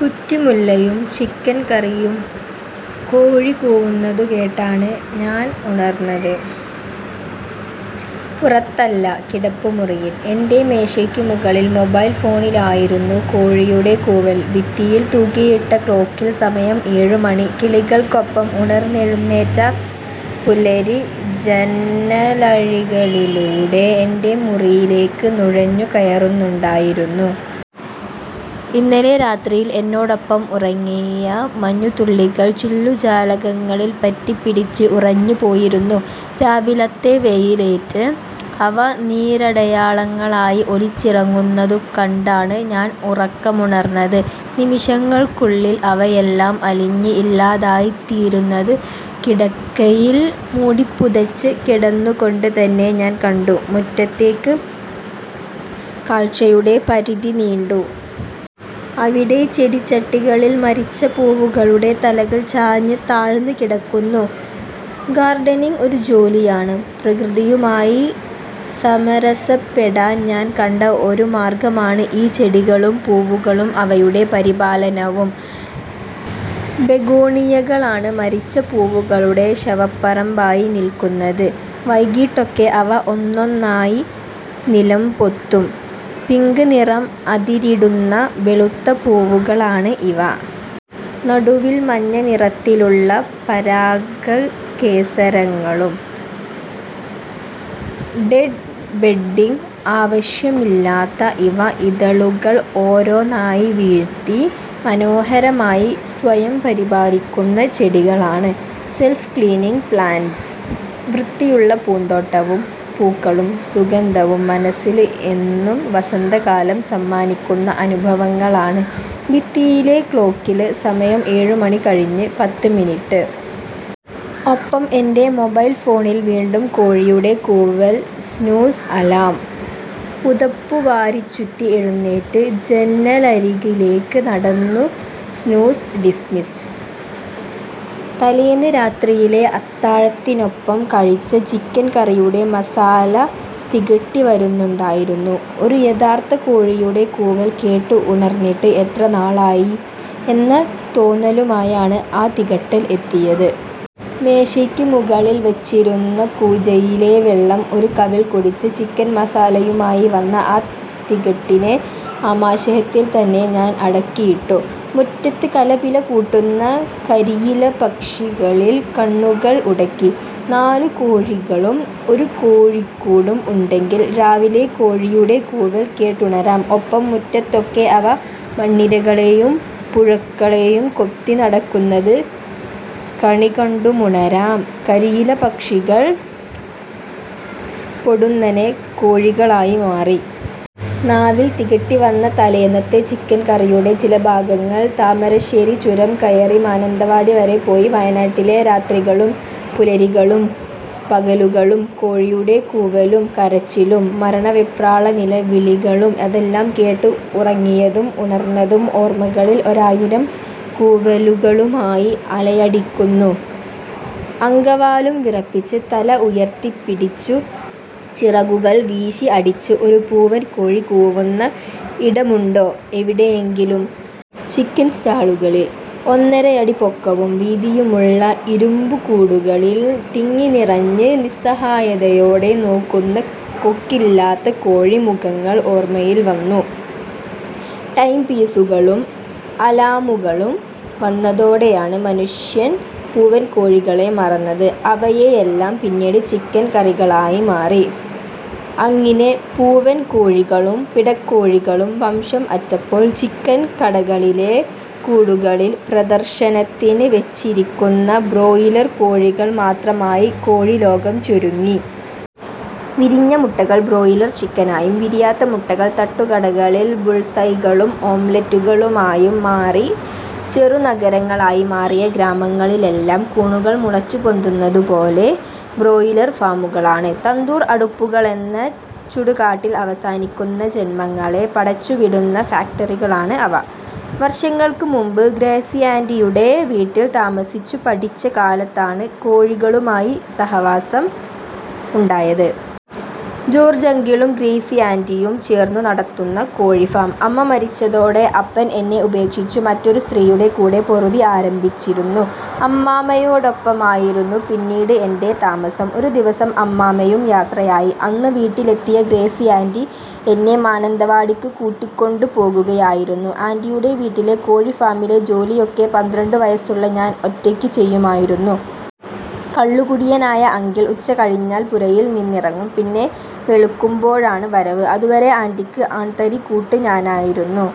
കുറ്റിമുല്ലയും chicken കറിയും കോഴി കൂവുന്നതു കേട്ടാണ് ഞാൻ ഉണർന്നത്. പുറത്തല്ല, കിടപ്പുമുറിയിൽ. എന്റെ മേശയ്ക്ക് മുകളിൽ മൊബൈൽ ഫോണിലായിരുന്നു കോഴിയുടെ കൂവൽ. ഭിത്തിയിൽ തൂക്കിയിട്ട ക്ലോക്കിൽ സമയം ഏഴുമണി. കിളികൾക്കൊപ്പം ഉണർന്നെഴുനേറ്റ പുലരി ജന്നലഴികളിലൂടെ എന്റെ മുറിയിലേക്ക് നുഴഞ്ഞു കയറുന്നുണ്ടായിരുന്നു. ഇന്നലെ രാത്രിയിൽ എന്നോടൊപ്പം ഉറങ്ങിയ മഞ്ഞുതുള്ളികൾ ചില്ലു ജാലകങ്ങളിൽ പറ്റിപ്പിടിച്ച് ഉറഞ്ഞ് പോയിരുന്നു. രാവിലത്തെ വെയിലേറ്റ് അവ നീരടയാളങ്ങളായി ഒലിച്ചിറങ്ങുന്നതു കണ്ടാണ് ഞാൻ ഉറക്കമുണർന്നത്. നിമിഷങ്ങൾക്കുള്ളിൽ അവയെല്ലാം അലിഞ്ഞ് ഇല്ലാതായിത്തീരുന്നത് കിടക്കയിൽ മൂടിപ്പുതച്ച് കിടന്നുകൊണ്ട് തന്നെ ഞാൻ കണ്ടു. മുറ്റത്തേക്ക് കാഴ്ചയുടെ പരിധി നീണ്ടു. അവിടെ ചെടിച്ചട്ടികളിൽ മരിച്ച പൂവുകളുടെ തലകൾ ചാഞ്ഞ് താഴ്ന്ന് കിടക്കുന്നു. ഗാർഡനിംഗ് ഒരു ജോലിയാണ്. പ്രകൃതിയുമായി സമരസപ്പെടാൻ ഞാൻ കണ്ട ഒരു മാർഗമാണ് ഈ ചെടികളും പൂവുകളും അവയുടെ പരിപാലനവും. ബെഗോണിയകളാണ് മരിച്ച പൂവുകളുടെ ശവപ്പറമ്പായി നിൽക്കുന്നത്. വൈകീട്ടോടെ അവ ഒന്നൊന്നായി നിലംപൊത്തും. പിങ്ക് നിറം അതിരിടുന്ന വെളുത്ത പൂവുകളാണ് ഇവ. നടുവിൽ മഞ്ഞ നിറത്തിലുള്ള പരാഗകേസരങ്ങളും. ഡെഡ്ബെഡ്ഡിംഗ് ആവശ്യമില്ലാത്ത ഇവ ഇതളുകൾ ഒരോന്നായി വീഴ്ത്തി മനോഹരമായി സ്വയം പരിപാലിക്കുന്ന ചെടികളാണ് -സെല്ഫ് ക്ലീനിംഗ് പ്ലാന്റ്സ്. വൃത്തിയുള്ള പൂന്തോട്ടവും, പൂക്കളും, സുഗന്ധവും മനസ്സില് എന്നും വസന്തകാലം സമ്മാനിക്കുന്ന അനുഭവങ്ങളാണ് ഭിത്തിയിലെ ക്ലോക്കില് സമയം ഏഴു മണി കഴിഞ്ഞ് പത്ത് മിനിട്ട്. ഒപ്പം, എന്റെ മൊബൈൽ ഫോണിൽ വീണ്ടും കോഴിയുടെ കൂവൽ സ്നൂസ് അലാം. പുതപ്പുവാരിച്ചുറ്റി എഴുന്നേറ്റ് ജന്നലരികിലേക്ക് നടന്നു സ്നൂസ് ഡിസ്മിസ്. തലേന്ന് രാത്രിയിലെ അത്താഴത്തിനൊപ്പം കഴിച്ച ചിക്കൻ കറിയുടെ മസാല തികട്ടി വരുന്നുണ്ടായിരുന്നു. ഒരു യഥാർത്ഥ കോഴിയുടെ കൂവൽ കേട്ട് ഉണർന്നിട്ട് എത്ര നാളായി എന്ന തോന്നലുമായാണ് ആ തികട്ടൽ എത്തിയത്. മേശയ്ക്ക് മുകളിൽ വെച്ചിരുന്ന കൂജയിലെ വെള്ളം ഒരു കവിൾ കുടിച്ച് ചിക്കൻ മസാലയുമായി വന്ന ആ തികട്ടലിനെ ആമാശയത്തിൽ തന്നെ ഞാൻ അടക്കിയിട്ടു. മുറ്റത്ത് കലപിലകൂട്ടുന്ന കരിയിലപക്ഷികളിൽ കണ്ണുകൾ ഉടക്കി. നാലു കോഴികളും ഒരു കോഴിക്കൂടും ഉണ്ടെങ്കിൽ രാവിലെ കോഴിയുടെ കൂവൽ കേട്ടുണരാം. ഒപ്പം മുറ്റത്തൊക്കെ അവ മണ്ണിരകളെയും പുഴുക്കളേയും കൊത്തി നടക്കുന്നത് കണികണ്ടുമുണരാം കരിയില പക്ഷികൾ പൊടുന്നനെ കോഴികളായി മാറി. നാവിൽ തികട്ടിവന്ന തലേന്നത്തെ ചിക്കൻ കറിയുടെ ചില ഭാഗങ്ങൾ താമരശ്ശേരി ചുരം കയറി മാനന്തവാടി വരെ പോയി വയനാട്ടിലെ രാത്രികളും, പുലരികളും, പകലുകളും കോഴിയുടെ കൂവലും കരച്ചിലും മരണവെപ്രാള നിലവിളികളും അതെല്ലാം കേട്ട് ഉറങ്ങിയതും ഉണർന്നതും, ഓർമകളിൽ ഒരായിരം കൂവലുകളുമായി അലയടിക്കുന്നു അങ്കവാലും വിറപ്പിച്ച് തല ഉയർത്തിപ്പിടിച്ചു ചിറകുകൾ വീശിഅടിച്ച് ഒരു പൂവൻ കോഴി കൂവുന്ന ഇടമുണ്ടോ എവിടെയെങ്കിലും.? ചിക്കൻ സ്റ്റാളുകളിൽ, ഒന്നരയടി പൊക്കവും വീതിയുമുള്ള ഇരുമ്പുകൂടുകളിൽ തിങ്ങിനിറഞ്ഞ് നിസ്സാഹയതോടെ നോക്കുന്ന കൊക്കില്ലാത്ത കോഴി മുഖങ്ങൾ ഓർമയിൽ വന്നു. ടൈം പീസുകളും അലാമുകളും വന്നതോടെയാണ് മനുഷ്യൻ പൂവൻ കോഴികളെ മറന്നത്. അവയെയെല്ലാം പിന്നീട് ചിക്കൻ കറികളായി മാറി. അങ്ങിനെ പൂവൻകോഴികളും പിടക്കോഴികളും വംശം അറ്റപ്പോൾ ചിക്കൻ കടകളിലെ കൂടുകളിൾ പ്രദർശനത്തിന് വെച്ചിരിക്കുന്ന ബ്രോയിലർ കോഴികൾ മാത്രമായി കോഴിലോകം ചുരുങ്ങി. വിരിഞ്ഞ മുട്ടകൾ ബ്രോയിലർ ചിക്കനായും വിരിയാത്ത മുട്ടകൾ തട്ടുകടകളിൽ ബുള്സൈകളും ഓംലെറ്റുകളുമായും മാറി ചെറുനഗരങ്ങളായി മാറിയ ഗ്രാമങ്ങളിലെല്ലാം കൂണുകൾ മുളച്ചു പൊന്തുന്നതു പോലെ ബ്രോയിലർ ഫാമുകളാണ്. തന്തൂർ അടുപ്പുകളെന്ന ചുടുകാട്ടിൽ അവസാനിക്കുന്ന ജന്മങ്ങളെ പടച്ചുവിടുന്ന ഫാക്ടറികളാണ് അവ. വർഷങ്ങൾക്ക് മുമ്പ് ഗ്രേസിയാന്റിയുടെ വീട്ടിൽ താമസിച്ചു പഠിച്ച കാലത്താണ് കോഴികളുമായി സഹവാസം ഉണ്ടായത്. ജോർജങ്കിളും ഗ്രേസിയാന്റിയും ചേർന്നു നടത്തുന്ന കോഴിഫാം. അമ്മ മരിച്ചതോടെ അപ്പൻ എന്നെ ഉപേക്ഷിച്ചു മറ്റൊരു സ്ത്രീയുടെ കൂടെ പൊറുതി ആരംഭിച്ചിരുന്നു. അമ്മാമ്മയൊടൊപ്പമായിരുന്നു പിന്നീട് എന്റെ താമസം. ഒരു ദിവസം അമ്മാമ്മയും യാത്രയായി. അന്ന് വീട്ടിലെത്തിയ ഗ്രേസിയാന്റി എന്നെ മാനന്തവാടിക്ക് കൂട്ടിക്കൊണ്ടു പോകുകയായിരുന്നു. ആൻ്റിയുടെ വീട്ടിലെ കോഴിഫാമിലെ ജോലിയൊക്കെ പന്ത്രണ്ട് വയസ്സുള്ള ഞാൻ ഒറ്റയ്ക്ക് ചെയ്യുമായിരുന്നു. കള്ളുകുടിയനായ അങ്കിൾ ഉച്ചകഴിഞ്ഞാൽ പുരയിൽ നിന്നിറങ്ങും പിന്നെ വെളുക്കുമ്പോഴാണ് വരവ്. അതുവരെ ആന്റിക്ക് ആൺതരി കൂട്ട് ഞാനായിരുന്നു.